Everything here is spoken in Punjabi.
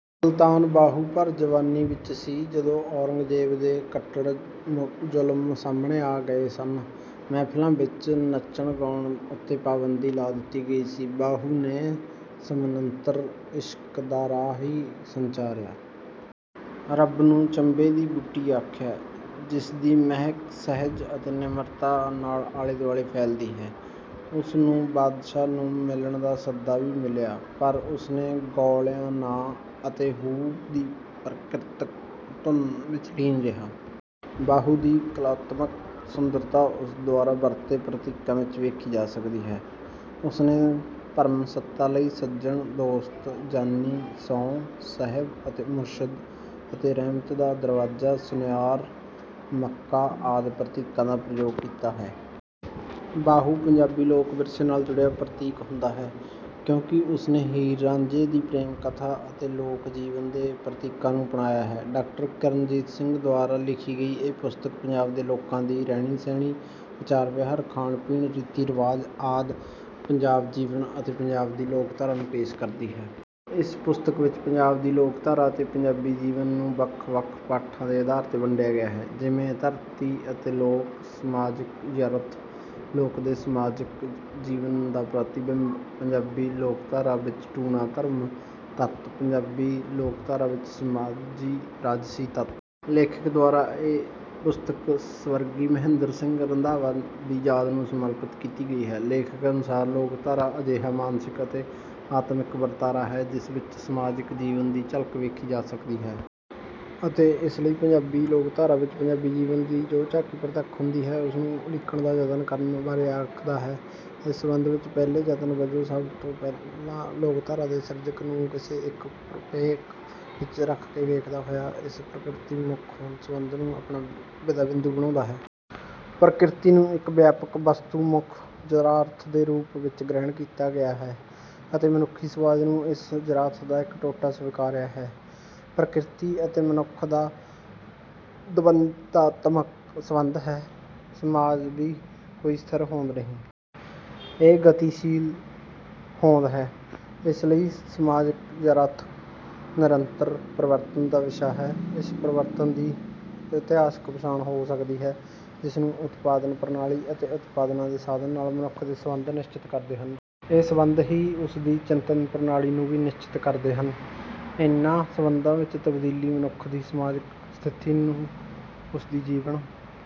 ਸੁਲਤਾਨ ਬਾਹੂ ਭਰ ਜਵਾਨੀ ਵਿੱਚ ਸੀ ਜਦੋਂ ਔਰੰਗਜ਼ੇਬ ਦੇ ਕੱਟੜ ਜੁਲਮ ਸਾਹਮਣੇ ਆ ਗਏ ਸਨ। ਮਹਿਫਲਾਂ ਵਿੱਚ ਨੱਚਣ-ਗਾਉਣ ਉੱਤੇ ਵੀ ਪਾਬੰਦੀ ਲਾ ਦਿੱਤੀ ਗਈ ਸੀ। ਬਾਹੂ ਨੇ ਸਮਾਨੰਤਰ ਇਸ਼ਕ ਦਾ ਰਾਹ ਹੀ ਸੰਚਾਰਿਆ। ਰੱਬ ਨੂੰ ਚੰਬੇ ਦੀ ਬੂਟੀ ਆਖਿਆ, ਜਿਸ ਦੀ ਮਹਿਕ ਸਹਿਜ ਅਤੇ ਨਿਮਰਤਾ ਨਾਲ ਆਲੇ-ਦੁਆਲੇ ਫੈਲਦੀ ਹੈ। ਉਸ ਨੂੰ ਬਾਦਸ਼ਾਹ ਨੂੰ ਮਿਲਣ ਦਾ ਸੱਦਾ ਵੀ ਮਿਲਿਆ, ਪਰ ਉਸਨੇ ਗੌਲਿਆ ਨਾ ਅਤੇ 'ਹੂ' ਦੀ ਪ੍ਰਗੀਤਕ ਧੁਨ ਵਿੱਚ ਲੀਨ ਰਿਹਾ। ਬਾਹੂ ਦੀ ਕਲਾਤਮਕ ਸੁੰਦਰਤਾ ਉਸ ਦੁਆਰਾ ਵਰਤੇ ਪ੍ਰਤੀਕਾਂ ਵਿੱਚ ਵੇਖੀ ਜਾ ਸਕਦੀ ਹੈ। ਉਸਨੇ ਪਰਮ-ਸੱਤਾ ਲਈ ਸੱਜਣ, ਦੋਸਤ, ਜਾਨੀ, ਸ਼ੌਹ, ਸਾਹਿਬ ਅਤੇ ਮੁਰਸ਼ਿਦ, ਅਤੇ ਰਹਿਮਤ ਦਾ ਦਰਵਾਜ਼ਾ, ਸੁਨਿਆਰ, ਮੱਕਾ ਆਦਿ ਪ੍ਰਤੀਕਾਂ ਦਾ ਪ੍ਰਯੋਗ ਕੀਤਾ ਹੈ। ਬਾਹੂ ਪੰਜਾਬੀ ਲੋਕ-ਵਿਰਸੇ ਨਾਲ ਜੁੜਿਆ ਪ੍ਰਤੀਤ ਹੁੰਦਾ ਹੈ, ਕਿਉਂਕਿ ਉਸਨੇ ਹੀਰ-ਰਾਝੇ ਦੀ ਪ੍ਰੇਮ ਕਥਾ ਅਤੇ ਲੋਕ-ਜੀਵਨ ਦੇ ਪ੍ਰਤੀਕਾਂ ਨੂੰ ਅਪਣਾਇਆ ਹੈ। ਡਾ. ਕਰਨਜੀਤ ਸਿੰਘ ਦੁਆਰਾ ਲਿਖੀ ਗਈ ਇਹ ਪੁਸਤਕ ਪੰਜਾਬ ਦੇ ਲੋਕਾਂ ਦੀ ਰਹਿਣੀ-ਸਹਿਣੀ, ਆਚਾਰ-ਵਿਹਾਰ, ਖਾਣ-ਪੀਣ, ਰੀਤੀ-ਰਿਵਾਜ਼ ਆਦਿ ਪੰਜਾਬੀ ਜੀਵਨ ਅਤੇ ਪੰਜਾਬ ਦੀ ਲੋਕਧਾਰਾ ਨੂੰ ਪੇਸ਼ ਕਰਦੀ ਹੈ। ਇਸ ਪੁਸਤਕ ਵਿੱਚ ਪੰਜਾਬ ਦੀ ਲੋਕਧਾਰਾ ਅਤੇ ਪੰਜਾਬੀ ਜੀਵਨ ਨੂੰ ਵੱਖ-ਵੱਖ ਪਾਠਾਂ ਦੇ ਅਧਾਰ 'ਤੇ ਵੰਡਿਆ ਗਿਆ ਹੈ, ਜਿਵੇਂ ਧਰਤੀ ਅਤੇ ਲੋਕ, ਸਮਾਜਕ ਯਰਥ, 'ਲੋਕ' ਦੇ ਸਮਾਜਕ ਜੀਵਨ ਦਾ ਪ੍ਰਤੀਬਿੰਬ, ਪੰਜਾਬੀ ਲੋਕਧਾਰਾ ਵਿੱਚ ਟੂਣਾ-ਧਰਮ ਤੱਤ, ਪੰਜਾਬੀ ਲੋਕਧਾਰਾ ਵਿੱਚ ਸਮਾਜੀ-ਰਾਜਸੀ ਤੱਤ। ਲੇਖਕ ਦੁਆਰਾ ਇਹ ਪੁਸਤਕ ਸਵਰਗੀ ਮਹਿੰਦਰ ਸਿੰਘ ਰੰਧਾਵਾ ਦੀ ਯਾਦ ਨੂੰ ਸਮਰਪਿਤ ਕੀਤੀ ਗਈ ਹੈ। ਲੇਖਕ ਅਨੁਸਾਰ ਲੋਕਧਾਰਾ ਅਜਿਹਾ ਮਾਨਸਿਕ ਅਤੇ ਆਤਮਿਕ ਵਰਤਾਰਾ ਹੈ, ਜਿਸ ਵਿੱਚੋਂ ਸਮਾਜਿਕ ਜੀਵਨ ਦੀ ਝਲਕ ਵੇਖੀ ਜਾ ਸਕਦੀ ਹੈ। ਅਤੇ ਇਸ ਲਈ ਪੰਜਾਬੀ ਲੋਕਧਾਰਾ ਵਿੱਚੋਂ ਪੰਜਾਬੀ ਜੀਵਨ ਦੀ ਜੋ ਝਾਕੀ ਪ੍ਰਤੱਖ ਹੁੰਦੀ ਹੈ ਉਸ ਨੂੰ ਉਲੀਕਣ ਦਾ ਯਤਨ ਕਰਨ ਬਾਰੇ ਆਖਦਾ ਹੈ। ਇਸ ਸਬੰਧ ਵਿੱਚ ਪਹਿਲੇ ਯਤਨ ਵਜੋਂ ਸਭ ਤੋਂ ਪਹਿਲਾਂ ਲੋਕਧਾਰਾ ਦੇ ਸਿਰਜਕ ਨੂੰ ਕਿਸੇ ਇੱਕ ਪਰਿਪੇਖ ਵਿੱਚ ਰੱਖ ਕੇ ਵੇਖਦਾ ਹੋਇਆ, ਇਸ ਲਈ ਪ੍ਰਕਿਰਤੀ-ਮਨੁੱਖ ਸਬੰਧ ਨੂੰ ਆਪਣਾ ਵਿਦਾ ਬਿੰਦੂ ਬਣਾਉਂਦਾ ਹੈ। ਪ੍ਰਕਿਰਤੀ ਨੂੰ ਇੱਕ ਵਿਆਪਕ ਵਸਤੂਮੁਖ ਯਥਾਰਥ ਦੇ ਰੂਪ ਵਿੱਚ ਗ੍ਰਹਿਣ ਕੀਤਾ ਗਿਆ ਹੈ ਅਤੇ ਮਨੁੱਖੀ ਸਮਾਜ ਨੂੰ ਇਸ ਯਥਾਰਥ ਦਾ ਇੱਕ ਟੋਟਾ ਸਵੀਕਾਰਿਆ ਹੈ। ਪ੍ਰਕਿਰਤੀ ਅਤੇ ਮਨੁੱਖ ਦਾ ਇੱਕ ਦਵੰਦਾਤਮਕ ਸੰਬੰਧ ਹੈ। ਸਮਾਜ ਵੀ ਕੋਈ ਸਥਿਰ ਹੋਂਦ ਨਹੀਂ। ਇਹ ਗਤੀਸ਼ੀਲ ਹੋਂਦ ਹੈ। ਇਸ ਲਈ ਸਮਾਜਕ ਯਰਾਥ ਨਿਰੰਤਰ ਪਰਿਵਰਤਨ ਦਾ ਵਿਸ਼ਾ ਹੈ। ਇਸ ਪਰਿਵਰਤਨ ਦੀ ਇਤਿਹਾਸਕ ਪਛਾਣ ਹੋ ਸਕਦੀ ਹੈ, ਜਿਸ ਨੂੰ ਉਤਪਾਦਨ ਪ੍ਰਣਾਲੀ ਅਤੇ ਉਤਪਾਦਨਾਂ ਦੇ ਸਾਧਨਾਂ ਨਾਲ ਮਨੁੱਖ ਦੇ ਸਬੰਧ ਨਿਸ਼ਚਿਤ ਕਰਦੇ ਹਨ। ਇਹ ਸਬੰਧ ਹੀ ਉਸ ਦੀ ਚਿੰਤਨ ਪ੍ਰਣਾਲੀ ਨੂੰ ਵੀ ਨਿਸ਼ਚਿਤ ਕਰਦੇ ਹਨ। ਇਹਨਾਂ ਸਬੰਧਾਂ ਵਿੱਚ ਤਬਦੀਲੀ ਮਨੁੱਖ ਦੀ ਸਮਾਜਕ ਸਥਿਤੀ ਨੂੰ, ਉਸ ਦੀ ਜੀਵਨ